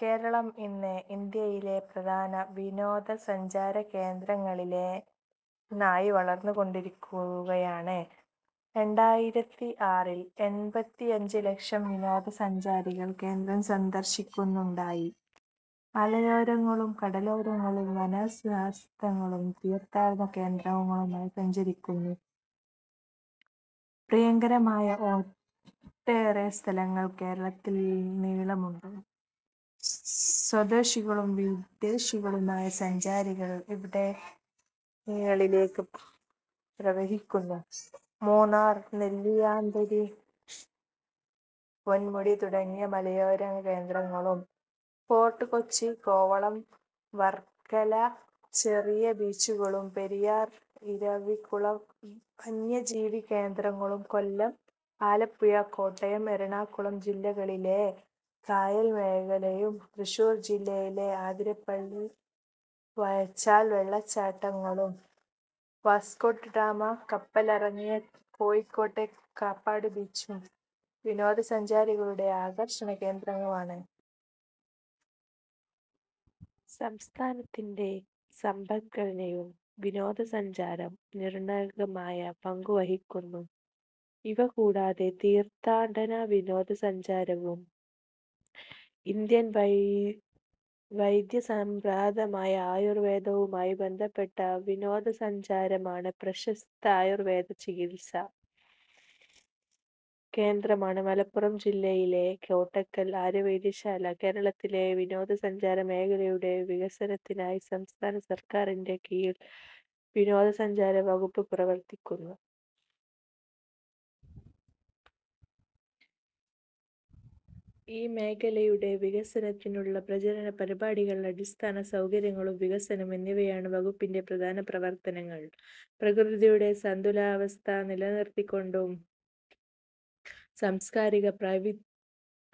കേരളം ഇന്ന് ഇന്ത്യയിലെ പ്രധാന വിനോദസഞ്ചാരകേന്ദ്രങ്ങളിലൊന്നായി വളർന്നിരിക്കുകയാണ്. രണ്ടായിരത്തി ആറിൽ എൺപത്തിയഞ്ച് ലക്ഷം വിനോദസഞ്ചാരികൾ കേരളം സന്ദർശിക്കുകയുണ്ടായി. മലയോരങ്ങളും കടലോരങ്ങളും വനസ്ഥലികളും തീർത്ഥാടന കേന്ദ്രങ്ങളുമായി സഞ്ചാരികൾക്കു പ്രിയങ്കരമായ ഒട്ടേറെ സ്ഥലങ്ങൾ കേരളത്തിലുടനീളമുണ്ട്. സ്വദേശികളും വിദേശികളുമായ സഞ്ചാരികൾ ഇവിടങ്ങളിലേക്ക് പ്രവഹിക്കുന്നു. മൂന്നാർ നെല്ലിയാമ്പതി പൊന്മുടി തുടങ്ങിയ മലയോര കേന്ദ്രങ്ങളും ഫോർട്ട് കൊച്ചി കോവളം വർക്കല ചെറായി ബീച്ചുകളും പെരിയാർ ഇരവികുളം വന്യജീവി കേന്ദ്രങ്ങളും കൊല്ലം ആലപ്പുഴ കോട്ടയം എറണാകുളം ജില്ലകളിലെ കായൽ മേഖലയും തൃശ്ശൂർ ജില്ലയിലെ അതിരപ്പിള്ളി വാഴച്ചാൽ വെള്ളച്ചാട്ടങ്ങളും വാസ്കോഡഗാമ കപ്പലിറങ്ങിയ കോഴിക്കോട്ടെ കാപ്പാട് ബീച്ചും വിനോദസഞ്ചാരികളുടെ ആകർഷണ കേന്ദ്രങ്ങളാണ്. സംസ്ഥാനത്തിൻ്റെ സമ്പദ്ഘടനയിലും വിനോദസഞ്ചാരം നിർണായകമായ പങ്കു വഹിക്കുന്നു. ഇവ കൂടാതെ തീർത്ഥാടന വിനോദസഞ്ചാരവും ഇന്ത്യൻ വൈദ്യ സമ്പ്രദായമായ ആയുർവേദവുമായി ബന്ധപ്പെട്ട വിനോദസഞ്ചാരവും സുപ്രധാനമാണ്. പ്രശസ്ത ആയുർവേദ ചികിത്സാ കേന്ദ്രമാണ് മലപ്പുറം ജില്ലയിലെ കോട്ടയ്ക്കൽ ആര്യവൈദ്യശാല. കേരളത്തിലെ വിനോദസഞ്ചാര മേഖലയുടെ വികസനത്തിനായി സംസ്ഥാന സർക്കാരിൻ്റെ കീഴിൽ വിനോദസഞ്ചാര വകുപ്പ് പ്രവർത്തിക്കുന്നു. ഈ മേഖലയുടെ വികസനത്തിനായുള്ള പ്രചരണ പരിപാടികൾ അടിസ്ഥാന സൗകര്യങ്ങളുടെ വികസനം എന്നിവയാണ് വകുപ്പിൻ്റെ പ്രധാന പ്രവർത്തനങ്ങൾ. പ്രകൃതിയുടെ സന്തുലിതാവസ്ഥ നിലനിർത്തിക്കൊണ്ടും സാംസ്കാരിക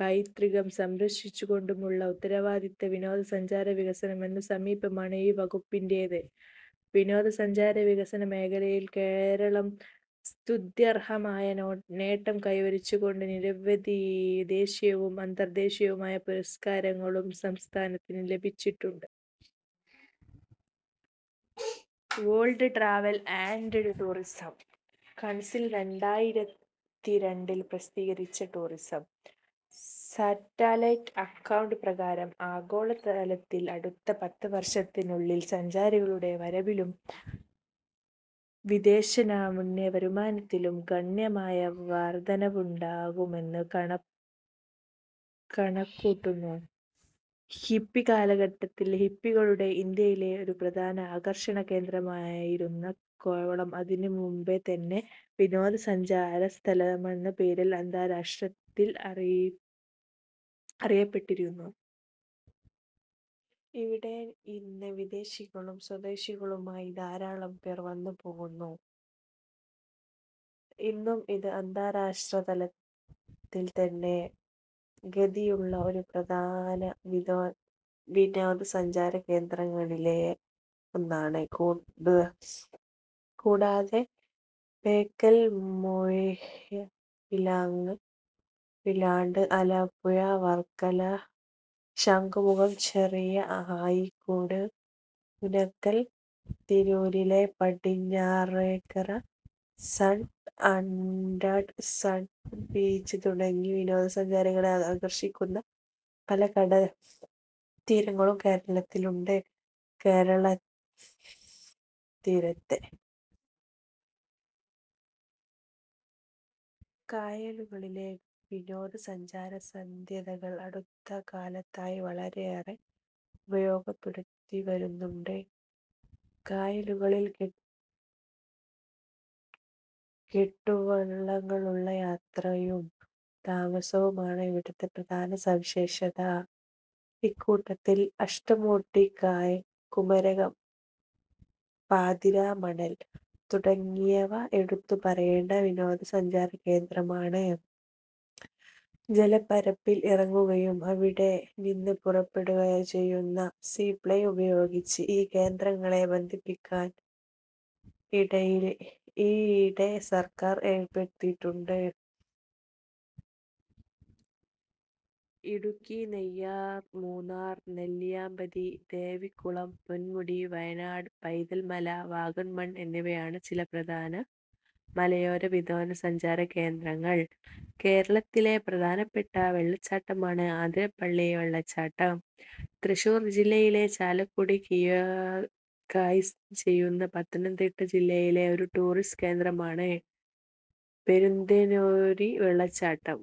പൈതൃകം സംരക്ഷിച്ചുകൊണ്ടുമുള്ള ഉത്തരവാദിത്ത വിനോദസഞ്ചാര വികസനം എന്ന സമീപനമാണ് ഈ വകുപ്പിന്റേത്. വിനോദസഞ്ചാര വികസന മേഖലയിൽ കേരളം സ്തുത്യർഹമായ നേട്ടം കൈവരിച്ചിട്ടുണ്ട്. നിരവധി ദേശീയവും അന്തർദേശീയവുമായ പുരസ്കാരങ്ങളും സംസ്ഥാനത്തിന് ലഭിച്ചിട്ടുണ്ട്. World travel and tourism council രണ്ടായിരത്തി രണ്ടിൽ പ്രസിദ്ധീകരിച്ച ടൂറിസം സാറ്റലൈറ്റ് അക്കൗണ്ട് പ്രകാരം ആഗോള തലത്തിൽ അടുത്ത പത്ത് വർഷത്തിനുള്ളിൽ സഞ്ചാരികളുടെ വരവിലും വിദേശനാണ്യ വരുമാനത്തിലും ഗണ്യമായ വർധനയുണ്ടാകുമെന്ന് കണക്കുകൂട്ടുന്നു. ഹിപ്പി കാലഘട്ടത്തിൽ ഹിപ്പികളുടെ ഇന്ത്യയിലെ ഒരു പ്രധാന ആകർഷണകേന്ദ്രമായിരുന്ന കോവളം അതിനു മുമ്പേതന്നെ വിനോദസഞ്ചാര സ്ഥലമെന്ന പേരിൽ അന്താരാഷ്ട്രതലത്തിൽ അറിയപ്പെട്ടിരുന്നു. ഇവിടെ ഇന്ന് വിദേശികളും സ്വദേശികളുമായി ധാരാളം പേർ വന്നുപോകുന്നു. ഇന്നും ഇത് അന്താരാഷ്ട്രതലത്തിൽത്തന്നെ ഖ്യാതിയുള്ള ഒരു പ്രധാന വിനോദസഞ്ചാരകേന്ദ്രങ്ങളിലൊന്നാണ്. കൂടാതെ ബേക്കൽ മുഴപ്പിലങ്ങാട് ആലപ്പുഴ വർക്കല ശംഖുമുഖം ചെറായി അഴീക്കോട് മുനക്കൽ തിരൂരിലെ Padinjarekkara sun and sand beach തുടങ്ങി വിനോദസഞ്ചാരികളെ ആകർഷിക്കുന്ന പല കടൽത്തീരങ്ങളും കേരളത്തിലുണ്ട്. കേരളതീരത്തെ കായലുകളിലെ വിനോദസഞ്ചാര സാധ്യതകൾ അടുത്തകാലത്തായി വളരെയേറെ ഉപയോഗപ്പെടുത്തിവരുന്നുണ്ട്. കായലുകളിൽ കെട്ടുവള്ളങ്ങളിലുള്ള യാത്രയും താമസവുമാണ് ഇവിടത്തെ പ്രധാന സവിശേഷത. ഇക്കൂട്ടത്തിൽ അഷ്ടമുടിക്കായൽ കുമരകം പാതിരാമണൽ തുടങ്ങിയവ എടുത്തുപറയേണ്ട വിനോദസഞ്ചാരകേന്ദ്രങ്ങളാണ്. ജലപ്പരപ്പിൽ ഇറങ്ങുകയും അവിടെ നിന്ന് പുറപ്പെടുകയും ചെയ്യാനാകുന്ന സീ പ്ലെയിൻ ഉപയോഗിച്ച് ഈ കേന്ദ്രങ്ങളെ ബന്ധിപ്പിക്കാൻ ഈയിടെ സർക്കാർ ഏർപ്പാടാക്കിയിട്ടുണ്ട്. ഇടുക്കി നെയ്യാർ മൂന്നാർ നെല്ലിയാമ്പതി ദേവികുളം പൊൻമുടി വയനാട് പൈതൽ മല വാഗമൺ എന്നിവയാണ് ചില പ്രധാന മലയോര വിനോദസഞ്ചാരകേന്ദ്രങ്ങൾ. കേരളത്തിലെ പ്രധാനപ്പെട്ട വെള്ളച്ചാട്ടമാണ് അതിരപ്പിള്ളി വെള്ളച്ചാട്ടം. തൃശ്ശൂർ ജില്ലയിലെ ചാലക്കുടിക്കു കിഴക്കായി സ്ഥിതി ചെയ്യുന്നു. പത്തനംതിട്ട ജില്ലയിലെ ഒരു ടൂറിസ്റ്റ് കേന്ദ്രമാണ് പെരുന്തേനരുവി വെള്ളച്ചാട്ടം.